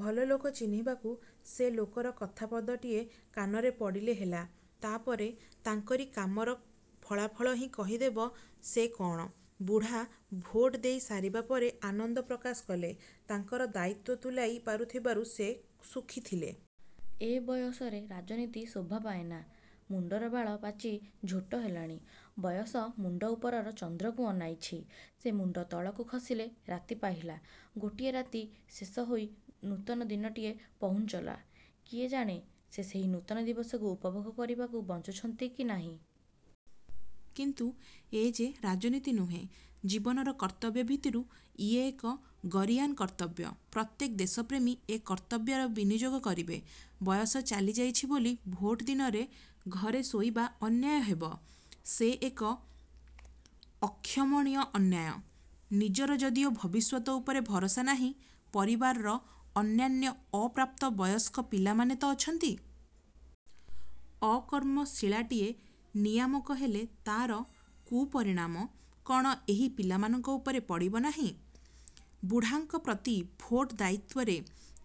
ଭଲ ଲୋକ ଚିହ୍ନିବାକୁ ସେ ଲୋକର କଥା ପଦଟିଏ କାନରେ ପଡ଼ିଲେ ହେଲା। ତା'ପରେ ତାଙ୍କରି କାମର ଫଳାଫଳ ହିଁ କହିଦେବ ସେ କଣ? ବୁଢ଼ା ଭୋଟ ଦେଇ ସାରିବା ପରେ ଆନନ୍ଦ ପ୍ରକାଶ କଲେ। ତାଙ୍କର ଦାୟିତ୍ୱ ତୁଲାଇ ପାରିଥିବାରୁ ସେ ସୁଖୀ ଥିଲେ। ଏ ବୟସରେ ରାଜନୀତି ଶୋଭା ପାଏନାଁ। ମୁଣ୍ଡର ବାଳ ପାଚି ଝୋଟ ହେଲାଣି। ବୟସ ମୁଣ୍ଡ ଉପରର ଚନ୍ଦ୍ରକୁ ଅନାଇଛି। ସେ ମୁଣ୍ଡ ତଳକୁ ଖସିଲେ ରାତି ପାହିଲା। ଗୋଟିଏ ରାତି ଶେଷ ହୋଇ ନୂତନ ଦିନଟିଏ ପହୁଞ୍ଚଲା। କିଏ ଜାଣେ ସେ ସେହି ନୂତନ ଦିବସକୁ ଉପଭୋଗ କରିବାକୁ ବଞ୍ଚୁଛନ୍ତି କି ନାହିଁ। କିନ୍ତୁ ଏଯେ ରାଜନୀତି ନୁହେଁ। ଜୀବନର କର୍ତ୍ତବ୍ୟ ଭିତରୁ ଇଏ ଏକ ଗରୀୟାନ କର୍ତ୍ତବ୍ୟ। ପ୍ରତ୍ୟେକ ଦେଶପ୍ରେମୀ ଏ କର୍ତ୍ତବ୍ୟର ବିନିଯୋଗ କରିବେ। ବୟସ ଚାଲି ଯାଇଛି ବୋଲି ଭୋଟ ଦିନରେ ଘରେ ଶୋଇବା ଅନ୍ୟାୟ ହେବ। ସେ ଏକ ଅକ୍ଷମଣୀୟ ଅନ୍ୟାୟ-। ନିଜର ଯଦିଓ ଭବିଷ୍ୟତ ଉପରେ ଭରସା ନାହିଁ, ପରିବାରର ଅନ୍ୟାନ୍ୟ ଅପ୍ରାପ୍ତ ବୟସ୍କ ପିଲାମାନେ ତ ଅଛନ୍ତି। ଅକର୍ମଶୀଳାଟିଏ ନିୟାମକ ହେଲେ ତା'ର କୁପରିଣାମ କଣ ଏହି ପିଲାମାନଙ୍କ ଉପରେ ପଡ଼ିବ ନାହିଁ? ବୁଢ଼ାଙ୍କ ପ୍ରତି ଭୋଟ ଦାୟିତ୍ୱରେ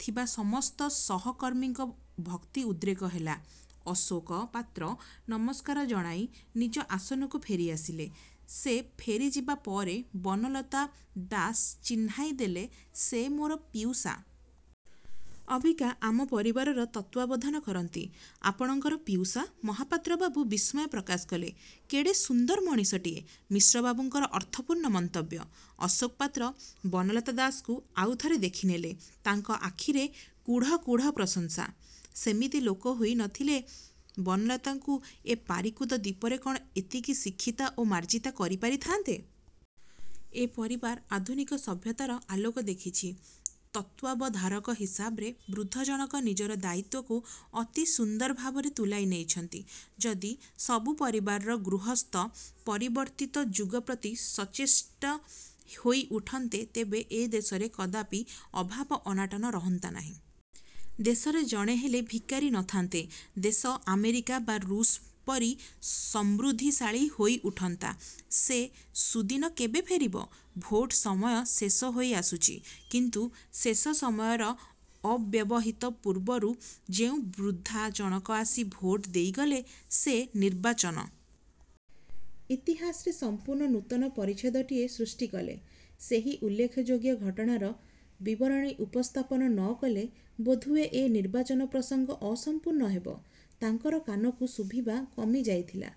ଥିବା ସମସ୍ତ ସହକର୍ମୀଙ୍କର ଭକ୍ତି ଉଦ୍ରେକ ହେଲା। ଅଶୋକ ପାତ୍ର ନମସ୍କାର ଜଣାଇ ନିଜ ଆସନକୁ ଫେରି ଆସିଲେ। ସେ ଫେରି ଯିବା ପରେ ବନଲତା ଦାସ ଚିହ୍ନାଇଦେଲେ ସେ ମୋର ପିଉସା। ଅବିକା ଆମ ପରିବାରର ତତ୍ତ୍ୱବଧାନ କରନ୍ତି। ଆପଣଙ୍କର ପିଉସା! ମହାପାତ୍ର ବାବୁ ବିସ୍ମୟ ପ୍ରକାଶ କଲେ। କେଡ଼େ ସୁନ୍ଦର ମଣିଷଟିଏ। ମିଶ୍ରବାବୁଙ୍କର ଅର୍ଥପୂର୍ଣ୍ଣ ମନ୍ତବ୍ୟ। ଅଶୋକ ପାତ୍ର ବନଲତା ଦାସଙ୍କୁ ଆଉ ଥରେ ଦେଖି ନେଲେ। ତାଙ୍କ ଆଖିରେ କୁଢ଼ କୁଢ଼ ପ୍ରଶଂସା। ସେମିତି ଲୋକ ହୋଇ ନ ଥିଲେ ବନଲତାକୁ ଏ ପାରିକୁଦ ଦ୍ୱୀପରେ କଣ ଏତିକି ଶିକ୍ଷିତା ଓ ମାର୍ଜିତା କରି ପାରିଥାଆନ୍ତେ? ଏପରିବାର ଆଧୁନିକ ସଭ୍ୟତାର ଆଲୋକ ଦେଖିଛି। ତତ୍ତ୍ୱାବଧାରକ ହିସାବରେ ବୃଦ୍ଧ ଜଣକ ନିଜର ଦାୟିତ୍ୱକୁ ଅତି ସୁନ୍ଦର ଭାବରେ ତୁଲାଇ ନେଇଛନ୍ତି। ଯଦି ସବୁ ପରିବାରର ଗୃହସ୍ଥ ପରିବର୍ତ୍ତିତ ଯୁଗ ପ୍ରତି ସଚେଷ୍ଟ ହୋଇ ଉଠନ୍ତେ, ତେବେ ଏ ଦେଶରେ କଦାପି ଅଭାବ, ଅନାଟନ ରହନ୍ତା ନାହିଁ। ଦେଶରେ ଜଣେ ହେଲେ ଭିକାରୀ ନ ଥାନ୍ତେ। ଦେଶ ଆମେରିକା ବା ରୁଷ ପରି ସମୃଦ୍ଧିଶାଳୀ ହୋଇ ଉଠନ୍ତା। ସେ ସୁଦିନ କେବେ ଫେରିବ? ଭୋଟ ସମୟ ଶେଷ ହୋଇ ଆସୁଛି। କିନ୍ତୁ ଶେଷ ସମୟର ଅବ୍ୟବହିତ ପୂର୍ବରୁ ଯେଉଁ ବୃଦ୍ଧା ଜଣକ ଆସି ଭୋଟ ଦେଇଗଲେ, ସେ ନିର୍ବାଚନ। ଇତିହାସରେ ସମ୍ପୂର୍ଣ୍ଣ ନୂତନ ପରିଚ୍ଛଦଟିଏ ସୃଷ୍ଟି କଲେ। ସେହି ଉଲ୍ଲେଖ ଯୋଗ୍ୟ ଘଟଣାର ବିବରଣୀ ଉପସ୍ଥାପନ ନ କଲେ ବୋଧହୁଏ ଏ ନିର୍ବାଚନ ପ୍ରସଙ୍ଗ ଅସମ୍ପୂର୍ଣ୍ଣ ହେବ। ତାଙ୍କର କାନକୁ ଶୁଭିବା କମି ଯାଇଥିଲା।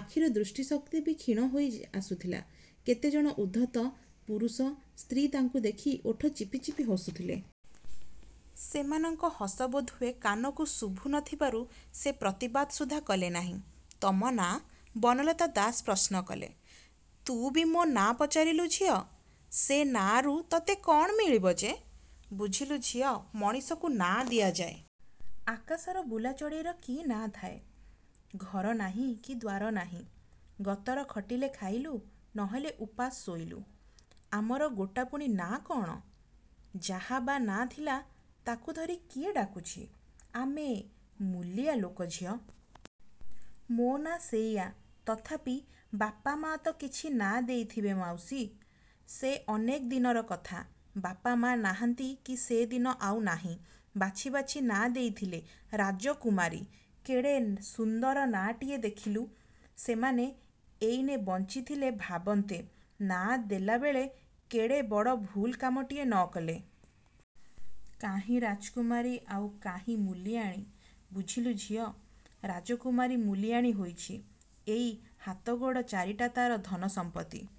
ଆଖିର ଦୃଷ୍ଟି ଶକ୍ତି ବି କ୍ଷୀଣ ହୋଇ ଆସୁଥିଲା। କେତେଜଣ ଉଦ୍ଧତ ପୁରୁଷ ସ୍ତ୍ରୀ ତାଙ୍କୁ ଦେଖି ଓଠ ଚିପି ଚିପି ହସୁଥିଲେ। ସେମାନଙ୍କ ହସ ବୋଧହୁଏ କାନକୁ ଶୁଭୁ ନ ଥିବାରୁ ସେ ପ୍ରତିବାଦ ସୁଦ୍ଧା କଲେନାହିଁ। ତମ ନାଁ? ବନଲତା ଦାସ ପ୍ରଶ୍ନ କଲେ। ତୁ ବି ମୋ ନାଁ ପଚାରିଲୁ ଝିଅ! ସେ ନାଆଁରୁ ତୋତେ କଣ ମିଳିବ ଯେ? ବୁଝିଲୁ ଝିଅ, ମଣିଷକୁ ନାଁ ଦିଆଯାଏ। ଆକାଶର ବୁଲା ଚଡ଼େଇର କି ନାଁ ଥାଏ? ଘର ନାହିଁ କି ଦ୍ୱାର ନାହିଁ। ଗତର ଖଟିଲେ ଖାଇଲୁଁ ନ ହେଲେ ଉପାସ ଶୋଇଲୁଁ। ଆମର ଗୋଟା ପୁଣି ନାଁ କଣ? ଯାହା ବା ନାଁ ଥିଲା, ତାକୁ ଧରି କିଏ ଡାକୁଛି? ଆମେ ମୁଲିଆ ଲୋକ ଝିଅ। ମୋ ନାଁ ସେଇଆ। ତଥାପି ବାପା ମା'ତ କିଛି ନାଁ ଦେଇଥିବେ ମାଉସୀ? ସେ ଅନେକ ଦିନର କଥା। ବାପ ମା' ନାହାନ୍ତି କି ସେଦିନ ଆଉ ନାହିଁ। ବାଛି ବାଛି ନାଁ ଦେଇଥିଲେ 'ରାଜକୁମାରୀ'। କେଡ଼େ ସୁନ୍ଦର ନାଁ ଟିଏ ଦେଖିଲୁ! ସେମାନେ ଏଇନେ ବଞ୍ଚିଥିଲେ ଭାବନ୍ତେ, ନାଁ ଦେଲାବେଳେ କେଡ଼େ ବଡ଼ଭୁଲ କାମଟିଏ ନ କଲେ? କାହିଁ ରାଜକୁମାରୀ ଆଉ କାହିଁ ମୂଲିଆଣୀ! ବୁଝିଲୁ ଝିଅ, ରାଜକୁମାରୀ ମୂଲିଆଣୀ ହୋଇଛି। ଏଇ ହାତ ଗୋଡ଼ ଚାରିଟା ତାର ଧନ, ସମ୍ପତ୍ତି।